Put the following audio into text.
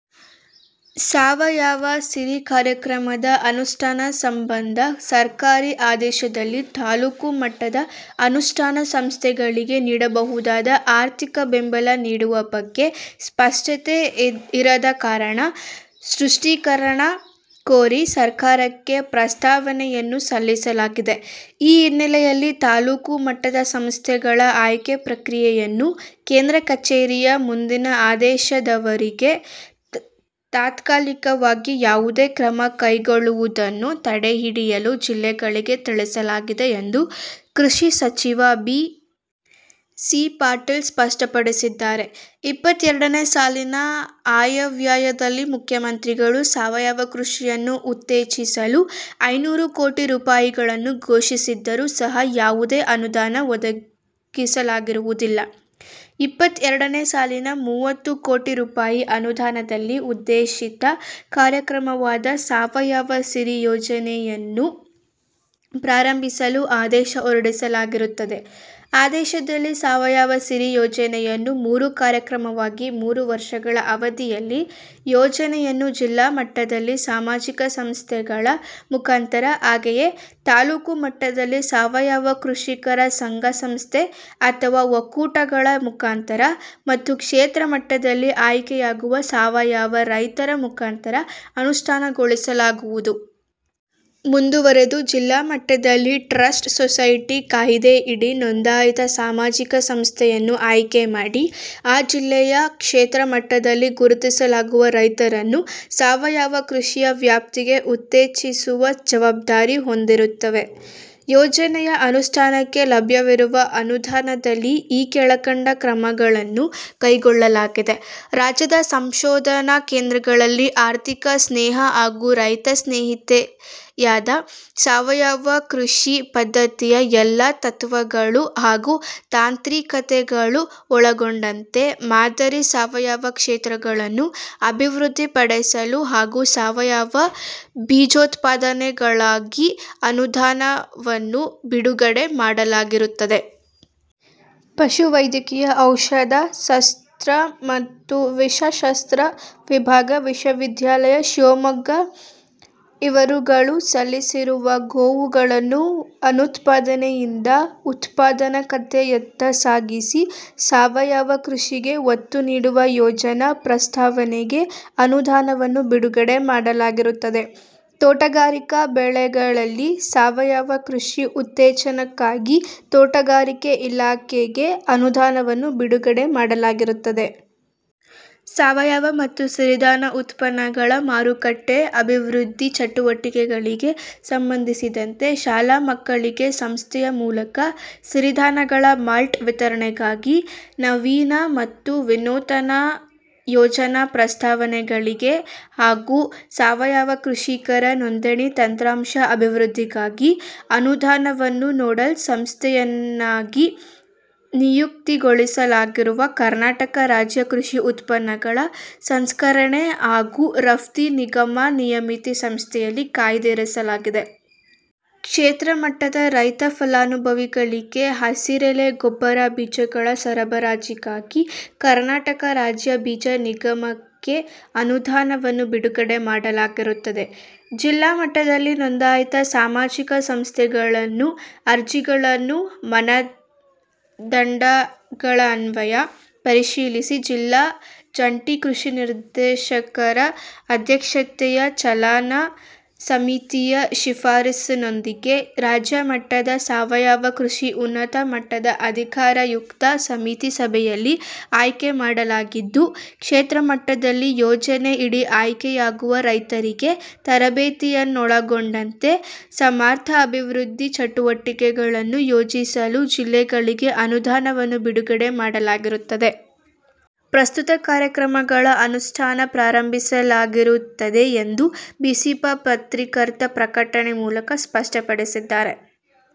ಸಾವಯವ ಸಿರಿ ಕಾರ್ಯಕ್ರಮದ ಅನುಷ್ಠಾನ ಸಂಬಂಧ ಸರ್ಕಾರಿ ಆದೇಶದಲ್ಲಿ ತಾಲೂಕು ಮಟ್ಟದ ಅನುಷ್ಠಾನ ಸಂಸ್ಥೆಗಳಿಗೆ ನೀಡಬಹುದಾದ, ಆರ್ಥಿಕ ಬೆಂಬಲ ನೀಡುವ ಬಗ್ಗೆ ಸ್ಪಷ್ಟತೆ ಇರದ ಕಾರಣ ಸೃಷ್ಟೀಕರಣ ಕೋರಿ ಸರ್ಕಾರಕ್ಕೆ ಪುಸ್ತಾವನೆಯನ್ನು ಸಲ್ಲಿಸಲಾಗಿದೆ. ಈ ಹಿನ್ನೆಲೆಯಲ್ಲಿ ತಾಲ್ಲೂಕು ಮಟ್ಟದ ಸಂಸ್ಥೆಗಳ ಆಯ್ಕೆ ಪ್ರಕ್ರಿಯೆಯನ್ನು ಕೇಂದ್ರ ಕಚೇರಿಯ ಮುಂದಿನ ಆದೇಶದವರೆಗೆ ತಾತ್ಕಾಲಿಕವಾಗಿ ಯಾವುದೇ ಕ್ರಮ ಕೈಗೊಳ್ಳುವುದನ್ನು ತಡೆಹಿಡಿಯಲು ಜಿಲ್ಲೆಗಳಿಗೆ ತಿಳಿಸಲಾಗಿದೆ ಎಂದು ಕೃಷಿ ಸಚಿವ ಬಿ. ಸಿ. ಪಾಟೀಲ್ ಸ್ಪಷ್ಟಪಡಿಸಿದ್ದಾರೆ. ಇಪ್ಪತ್ತೆರಡನೆ ಸಾಲಿನ ಆಯವ್ಯಯದಲ್ಲಿ ಮುಖ್ಯಮಂತ್ರಿಗಳು ಸಾವಯವ ಕೃಷಿಯನ್ನು ಉತ್ತೇಜಿಸಲು ಐನೂರು ಕೋಟಿ ರೂಪಾಯಿಗಳನ್ನು ಘೋಷಿಸಿದರೂ ಸಹ ಯಾವುದೇ ಅನುದಾನ ಒದಗಿಸಲಾಗಿರುವುದಿಲ್ಲ. ಇಪ್ಪತ್ತೆರಡನೆ ಸಾಲಿನಲ್ಲಿ ಮೂವತ್ತು ಕೋಟಿ ರುಪಾಯಿ ಅನುದಾನದಲ್ಲಿ ಉದ್ದೇಶಿತ ಕಾರ್ಯಕ್ರಮವಾದ 'ಸಾವಯವ ಸಿರಿ' ಯೋಜನೆಯನ್ನು ಪ್ರಾರಂಭಿಸಲು ಆದೇಶ ಹೊರಡಿಸಲಾಗಿರುತ್ತದೆ. ಆದೇಶದಲ್ಲಿ 'ಸಾವಯವ ಸಿರಿ' ಯೋಜನೆಯನ್ನು ಮೂರು ಕಾರ್ಯಕ್ರಮವಾಗಿ ಮೂರು ವರ್ಷಗಳ ಅವಧಿಯಲ್ಲಿ ಯೋಜನೆಯನ್ನು ಜಿಲ್ಲಾ ಮಟ್ಟದಲ್ಲಿ ಸಾಮಾಜಿಕ ಸಂಸ್ಥೆಗಳ ಮುಖಾಂತರ ಹಾಗೆಯೇ ತಾಲೂಕು ಮಟ್ಟದಲ್ಲಿ ಸಾವಯವ ಕೃಷಿಕರ ಸಂಘ ಸಂಸ್ಥೆ ಅಥವಾ ಒಕ್ಕೂಟಗಳ ಮುಖಾಂತರ ಮತ್ತು ಕ್ಷೇತ್ರ ಮಟ್ಟದಲ್ಲಿ ಆಯ್ಕೆಯಾಗುವ ಸಾವಯವ ರೈತರ ಮುಖಾಂತರ ಅನುಷ್ಠಾನಗೊಳಿಸಲಾಗುವುದು. ಮುಂದುವರೆದು, ಜಿಲ್ಲಾಮಟ್ಟದಲ್ಲಿ ಟ್ರಸ್ಟ್ ಸೊಸೈಟಿ ಕಾಯ್ದೆಯಡಿ ನೊಂದಾಯಿತ ಸಾಮಾಜಿಕ ಸಂಸ್ಥೆಯನ್ನು ಆಯ್ಕೆಮಾಡಿ ಆ ಜಿಲ್ಲೆಯ ಕ್ಷೇತ್ರ ಮಟ್ಟದಲ್ಲಿ ಗುರುತಿಸಲಾಗುವ ರೈತರನ್ನು ಸಾವಯವ ಕೃಷಿಯ ವ್ಯಾಪ್ತಿಗೆ ಉತ್ತೇಜಿಸುವ ಜವಾಬ್ದಾರಿ ಹೊಂದಿರುತ್ತವೆ. ಯೋಜನೆಯ ಅನುಷ್ಠಾನಕ್ಕೆ ಲಭ್ಯವಿರುವ ಅನುದಾನದಲ್ಲಿ ಈ ಕೆಳಕಂಡ ಕ್ರಮಗಳನ್ನು ಕೈಗೊಳ್ಳಲಾಗಿದೆ. ರಾಜ್ಯದ ಸಂಶೋಧನ ಕೇಂದ್ರಗಳಲ್ಲಿ ಆರ್ಥಿಕ ಸ್ನೇಹ ಹಾಗೂ ರೈತ ಸ್ನೇಹಿಯಾದ ಸಾವಯವ ಕೃಷಿ ಪದ್ಧತಿಯ ಎಲ್ಲಾ ತತ್ವಗಳು ಹಾಗೂ ತಾಂತ್ರಿಕತೆಗಳು ಒಳಗೊಂಡಂತೆ, ಮಾದರಿ ಸಾವಯವ ಕ್ಷೇತ್ರ ಗಳನ್ನು ಅಭಿವೃದ್ಧಿ ಪಡಿಸಲು ಹಾಗೂ ಸಾವಯವ ಬೀಜೋತ್ಪಾದನೆಗಾಗಿ ಅನುದಾನವನ್ನು ಬಿಡುಗಡೆ ಮಾಡಲಾಗಿರುತ್ತದೆ. ಪಶುವೈದ್ಯಕೀಯ ಔಷಧ ಶಾಸ್ತ್ರ ಮತ್ತು ವಿಷ ಶಾಸ್ತ್ರ ವಿಭಾಗ ಮಹಾವಿದ್ಯಾಲಯ, ಶಿವಮೊಗ್ಗ ಇವರುಗಳು ಸಲ್ಲಿಸಿರುವ ಗೋವುಗಳನ್ನು ಅನುತ್ಪಾದನೆಯಿಂದ ಉತ್ಪಾದಕತೆಯತ್ತ ಸಾಗಿಸಿ ಸಾವಯವ ಕೃಷಿಗೆ ಒತ್ತು ನೀಡುವ ಯೋಜನಾ ಪ್ರಸ್ತಾವನೆಗೆ ಅನುದಾನವನ್ನು ಬಿಡುಗಡೆ ಮಾಡಲಾಗಿರುತ್ತದೆ. ತೋಟಗಾರಿಕಾ ಬೆಳೆಗಳಲ್ಲಿ ಸಾವಯವ ಕೃಷಿ ಉತ್ತೇಜನಕ್ಕಾಗಿ ತೋಟಗಾರಿಕೆ ಇಲಾಖೆಗೆ ಅನುದಾನವನ್ನು ಬಿಡುಗಡೆ ಮಾಡಲಾಗಿರುತ್ತದೆ. ಸಾವಯವ ಮತ್ತು ಸಿರಿಧಾನ ಉತ್ಪನ್ನಗಳ ಮಾರುಕಟ್ಟೆ ಅಭಿವೃದ್ಧಿ ಚಟುವಟಿಕೆಗಳಿಗೆ ಸಂಬಂಧಿಸಿದಂತೆ, ಶಾಲಾ ಮಕ್ಕಳಿಗೆ ಸಂಸ್ಥೆಯ ಮೂಲಕ ಸಿರಿಧಾನಗಳ ಮಾಲ್ಟ್ ವಿತರಣೆಗಾಗಿ, ನವೀನ ಮತ್ತು ವಿನೂತನ ಯೋಜನಾ ಪ್ರಸ್ತಾವನೆಗಳಿಗೆ ಹಾಗೂ ಸಾವಯವ ಕೃಷಿಕರ ನೋಂದಣಿ ತಂತ್ರಾಂಶ ಅಭಿವೃದ್ಧಿಗಾಗಿ ಅನುದಾನವನ್ನು ನೋಡಲ್ ಸಂಸ್ಥೆಯನ್ನಾಗಿ ನಿಯುಕ್ತಿಗೊಳಿಸಲಾಗಿರುವ ಕರ್ನಾಟಕ ರಾಜ್ಯ ಕೃಷಿ ಉತ್ಪನ್ನಗಳ ಸಂಸ್ಕರಣೆ ಹಾಗೂ ರಫ್ತು ನಿಗಮ ನಿಯಮಿತ ಸಂಸ್ಥೆಯಲ್ಲಿ ಕಾಯ್ದಿರಿಸಲಾಗಿದೆ. ಕ್ಷೇತ್ರ ಮಟ್ಟದ ರೈತ ಫಲಾನುಭವಿಗಳಿಗೆ ಹಸಿರಲೆ ಗೊಬ್ಬರ ಬೀಜಗಳ ಸರಬರಾಜಿಗಾಗಿ ಕರ್ನಾಟಕ ರಾಜ್ಯ ಬೀಜ ನಿಗಮಕ್ಕೆ ಅನುದಾನವನ್ನು ಬಿಡುಗಡೆ ಮಾಡಲಾಗಿರುತ್ತದೆ. ಜಿಲ್ಲಾ ಮಟ್ಟದಲ್ಲಿ ನೋಂದಾಯಿತ ಸಾಮಾಜಿಕ ಸಂಸ್ಥೆಗಳನ್ನು ಅರ್ಜಿಗಳನ್ನು ಮಾನದಂಡಗಳನ್ವಯ ಪರಿಶೀಲಿಸಿ ಜಿಲ್ಲಾ ಜಂಟಿ ಕೃಷಿ ನಿರ್ದೇಶಕರ ಅಧ್ಯಕ್ಷತೆಯ ಚಾಲನಾ ಸಮಿತಿಯ ಶಿಫಾರಸಿನೊಂದಿಗೆ ರಾಜ್ಯ ಮಟ್ಟದ ಸಾವಯವ ಕೃಷಿ ಉನ್ನತ ಮಟ್ಟದ ಅಧಿಕಾರಯುಕ್ತ ಸಮಿತಿ ಸಭೆಯಲ್ಲಿ ಆಯ್ಕೆ ಮಾಡಲಾಗಿದ್ದು, ಕ್ಷೇತ್ರಮಟ್ಟದಲ್ಲಿ ಯೋಜನೆಯಡಿ ಆಯ್ಕೆಯಾಗುವ ರೈತರಿಗೆ ತರಬೇತಿಯನ್ನೊಳಗೊಂಡಂತೆ ಸಾಮಾರ್ಥಾಭಿವೃದ್ಧಿ ಚಟುವಟಿಕೆಗಳನ್ನು ಆಯೋಜಿಸಲು ಜಿಲ್ಲೆಗಳಿಗೆ ಅನುದಾನವನ್ನು ಬಿಡುಗಡೆ ಮಾಡಲಾಗಿರುತ್ತದೆ. ಪ್ರಸ್ತುತ ಕಾರ್ಯಕ್ರಮಗಳ ಅನುಷ್ಠಾನ ಪ್ರಾರಂಭಿಸಲಾಗಿರುತ್ತದೆ ಎಂದು ಬಿಸಿಪಾ ಪತ್ರಿಕಾ ಪ್ರಕಟಣೆ ಮೂಲಕ ಸ್ಪಷ್ಟಪಡಿಸಿದ್ದಾರೆ.